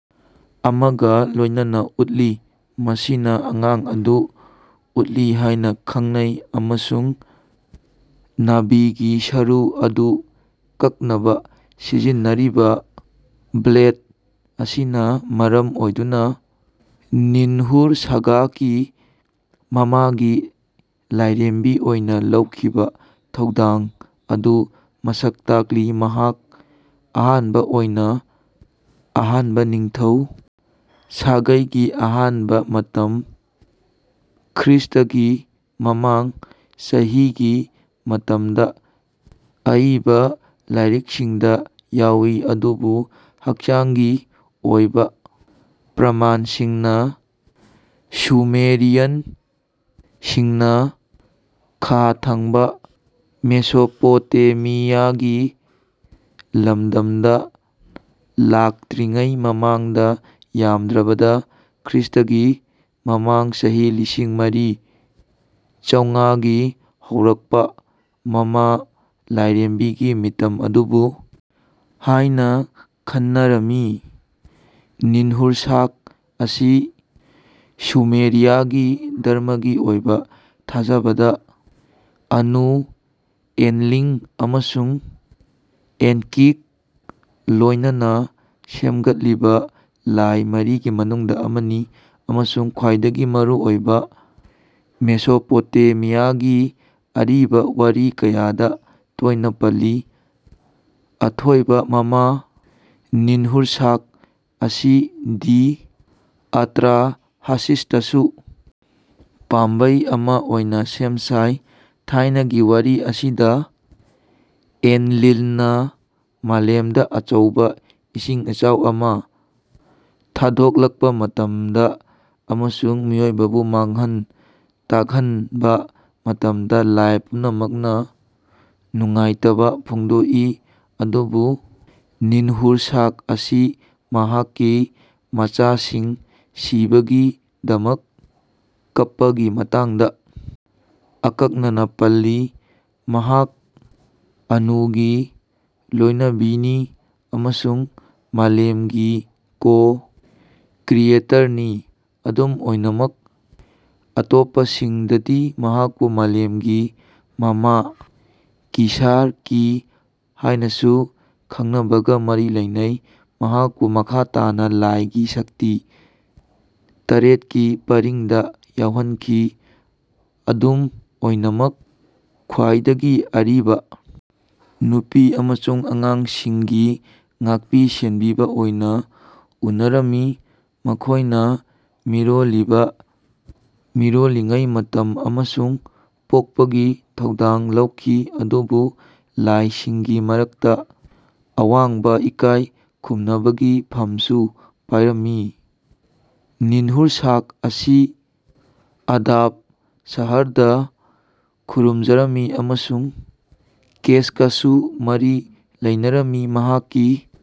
ꯑꯃꯒ ꯂꯣꯏꯅꯅ ꯎꯠꯂꯤ ꯃꯁꯤꯅ ꯑꯉꯥꯡ ꯑꯗꯨ ꯎꯠꯂꯤ ꯍꯥꯏꯅ ꯈꯟꯅꯩ ꯑꯃꯁꯨꯡ ꯅꯥꯕꯤꯒꯤ ꯁꯔꯨ ꯑꯗꯨ ꯀꯛꯅꯕ ꯁꯤꯖꯤꯟꯅꯔꯤꯕ ꯕ꯭ꯂꯦꯗ ꯑꯁꯤꯅ ꯃꯔꯝ ꯑꯣꯏꯗꯨꯅ ꯅꯤꯟꯍꯨꯔꯁꯥꯒꯀꯤ ꯃꯃꯥꯒꯤ ꯂꯥꯏꯔꯦꯝꯕꯤ ꯑꯣꯏꯅ ꯂꯧꯈꯤꯕ ꯊꯧꯗꯥꯡ ꯑꯗꯨ ꯃꯁꯛ ꯇꯥꯛꯂꯤ꯫ ꯃꯍꯥꯛ ꯑꯍꯥꯟꯕ ꯑꯣꯏꯅ ꯑꯍꯥꯟꯕ ꯅꯤꯡꯊꯧ ꯁꯥꯒꯩꯒꯤ ꯑꯍꯥꯟꯕ ꯃꯇꯝ ꯈ꯭ꯔꯤꯁ꯭ꯇꯒꯤ ꯃꯃꯥꯡ ꯆꯍꯤꯒꯤ ꯃꯇꯝꯗ ꯑꯏꯕ ꯂꯥꯏꯔꯤꯛꯁꯤꯡꯗ ꯌꯥꯎꯏ ꯑꯗꯨꯕꯨ ꯍꯛꯆꯥꯡꯒꯤ ꯑꯣꯏꯕ ꯄ꯭ꯔꯃꯥꯟꯁꯤꯡꯅ ꯁꯨꯃꯦꯔꯤꯌꯟꯁꯤꯡꯅ ꯈꯥ ꯊꯪꯕ ꯃꯦꯁꯣꯄꯣꯇꯦꯃꯤꯌꯥꯒꯤ ꯂꯝꯗꯝꯗ ꯂꯥꯛꯇ꯭ꯔꯤꯉꯩ ꯃꯃꯥꯡꯗ ꯌꯥꯝꯗ꯭ꯔꯕꯗ ꯈ꯭ꯔꯤꯁ꯭ꯇꯒꯤ ꯃꯃꯥꯡ ꯆꯍꯤ ꯂꯤꯁꯤꯡ ꯃꯔꯤ ꯆꯧꯉꯥꯒꯤ ꯍꯧꯔꯛꯄ ꯃꯃꯥ ꯂꯥꯏꯔꯦꯝꯕꯤꯒꯤ ꯃꯤꯇꯝ ꯑꯗꯨꯕꯨ ꯍꯥꯏꯅ ꯈꯟꯅꯔꯝꯃꯤ꯫ ꯅꯤꯟꯍꯨꯔꯁꯥꯒ ꯑꯁꯤ ꯁꯨꯃꯦꯔꯤꯌꯥꯒꯤ ꯙꯔꯃꯒꯤ ꯑꯣꯏꯕ ꯊꯥꯖꯕꯗ ꯑꯅꯨ ꯑꯦꯟꯂꯤꯜ ꯑꯃꯁꯨꯡ ꯑꯦꯟꯀꯤꯒ ꯂꯣꯏꯅꯅ ꯁꯦꯝꯒꯠꯂꯤꯕ ꯂꯥꯏ ꯃꯔꯤꯒꯤ ꯃꯅꯨꯡꯗ ꯑꯃꯅꯤ ꯑꯃꯁꯨꯡ ꯈ꯭ꯋꯥꯏꯗꯒꯤ ꯃꯔꯨꯑꯣꯏꯕ ꯃꯦꯁꯣꯄꯣꯇꯦꯃꯤꯌꯥꯒꯤ ꯑꯔꯤꯕ ꯋꯥꯔꯤ ꯀꯌꯥꯗ ꯇꯣꯏꯅ ꯄꯜꯂꯤ꯫ ꯑꯊꯣꯏꯕ ꯃꯃꯥ ꯅꯤꯟꯍꯨꯔꯁꯥꯒ ꯑꯁꯤ ꯗꯤ ꯑꯇ꯭ꯔꯥꯍꯥꯁꯤꯁꯇꯁꯨ ꯄꯥꯝꯕꯩ ꯑꯃ ꯑꯣꯏꯅ ꯁꯦꯝ ꯁꯥꯏ꯫ ꯊꯥꯏꯅꯒꯤ ꯋꯥꯔꯤ ꯑꯁꯤꯗ ꯑꯦꯟꯂꯤꯜꯅ ꯃꯥꯂꯦꯝꯗ ꯑꯆꯧꯕ ꯏꯁꯤꯡ ꯏꯆꯥꯎ ꯑꯗꯨ ꯊꯥꯗꯣꯛꯂꯛꯄ ꯃꯇꯝꯗ ꯑꯃꯁꯨꯡ ꯃꯤꯑꯣꯏꯕꯕꯨ ꯃꯥꯡꯍꯟ ꯇꯥꯛꯍꯟꯕ ꯃꯇꯝꯗ ꯂꯥꯏ ꯄꯨꯝꯅꯃꯛꯅ ꯅꯨꯡꯉꯥꯏꯇꯕ ꯐꯣꯡꯗꯣꯛꯏ ꯑꯗꯨꯕꯨ ꯅꯤꯟꯍꯨꯔꯁꯥꯒ ꯑꯁꯤ ꯃꯍꯥꯛꯀꯤ ꯃꯆꯥꯁꯤꯡ ꯁꯤꯕꯒꯤꯗꯃꯛ ꯀꯞꯄꯒꯤ ꯃꯇꯥꯡꯗ ꯑꯀꯛꯅꯅ ꯄꯜꯂꯤ꯫ ꯃꯍꯥꯛ ꯑꯅꯨꯒꯤ ꯂꯣꯏꯅꯕꯤꯅꯤ ꯑꯃꯁꯨꯡ ꯃꯥꯂꯦꯝꯒꯤ ꯀꯣ ꯀ꯭ꯔꯤꯌꯦꯇꯔꯅꯤ꯫ ꯑꯗꯨꯝ ꯑꯣꯏꯅꯃꯛ ꯑꯇꯣꯞꯄꯁꯤꯡꯗꯗꯤ ꯃꯍꯥꯛꯄꯨ ꯃꯥꯂꯦꯝꯒꯤ ꯃꯃꯥ ꯀꯤꯁꯥꯔ ꯀꯤ ꯍꯥꯏꯅꯁꯨ ꯈꯪꯅꯕꯒ ꯃꯔꯤ ꯂꯩꯅꯩ꯫ ꯃꯍꯥꯛꯄꯨ ꯃꯈꯥ ꯇꯥꯅ ꯂꯥꯏꯒꯤ ꯁꯛꯇꯤ ꯇꯔꯦꯠꯀꯤ ꯄꯔꯤꯡꯗ ꯌꯥꯎꯍꯟꯈꯤ ꯑꯗꯨꯝ ꯑꯣꯏꯅꯃꯛ ꯈ꯭ꯋꯥꯏꯗꯒꯤ ꯑꯔꯤꯕ ꯅꯨꯄꯤ ꯑꯃꯁꯨꯡ ꯑꯉꯥꯡꯁꯤꯡꯒꯤ ꯉꯥꯛꯄꯤ ꯁꯦꯟꯕꯤꯕ ꯑꯣꯏꯅ ꯎꯅꯔꯝꯃꯤ ꯃꯈꯣꯏꯅ ꯃꯤꯔꯣꯜꯂꯤꯕ ꯃꯤꯔꯣꯜꯂꯤꯉꯩ ꯃꯇꯝ ꯑꯃꯁꯨꯡ ꯄꯣꯛꯄꯒꯤ ꯊꯧꯗꯥꯡ ꯂꯧꯈꯤ ꯑꯗꯨꯕꯨ ꯂꯥꯏꯁꯤꯡꯒꯤ ꯃꯔꯛꯇ ꯑꯋꯥꯡꯕ ꯏꯀꯥꯏ ꯈꯨꯝꯅꯕꯒꯤ ꯐꯝꯁꯨ ꯄꯥꯏꯔꯝꯃꯤ꯫ ꯅꯤꯟꯍꯨꯔꯁꯥꯒ ꯑꯁꯤ ꯑꯗꯥꯕ ꯁꯍꯔꯗ ꯈꯨꯔꯨꯝꯖꯔꯝꯃꯤ ꯑꯃꯁꯨꯡ ꯀꯦꯁꯀꯁꯨ ꯃꯔꯤ ꯂꯩꯅꯔꯝꯃꯤ ꯃꯍꯥꯛꯀꯤ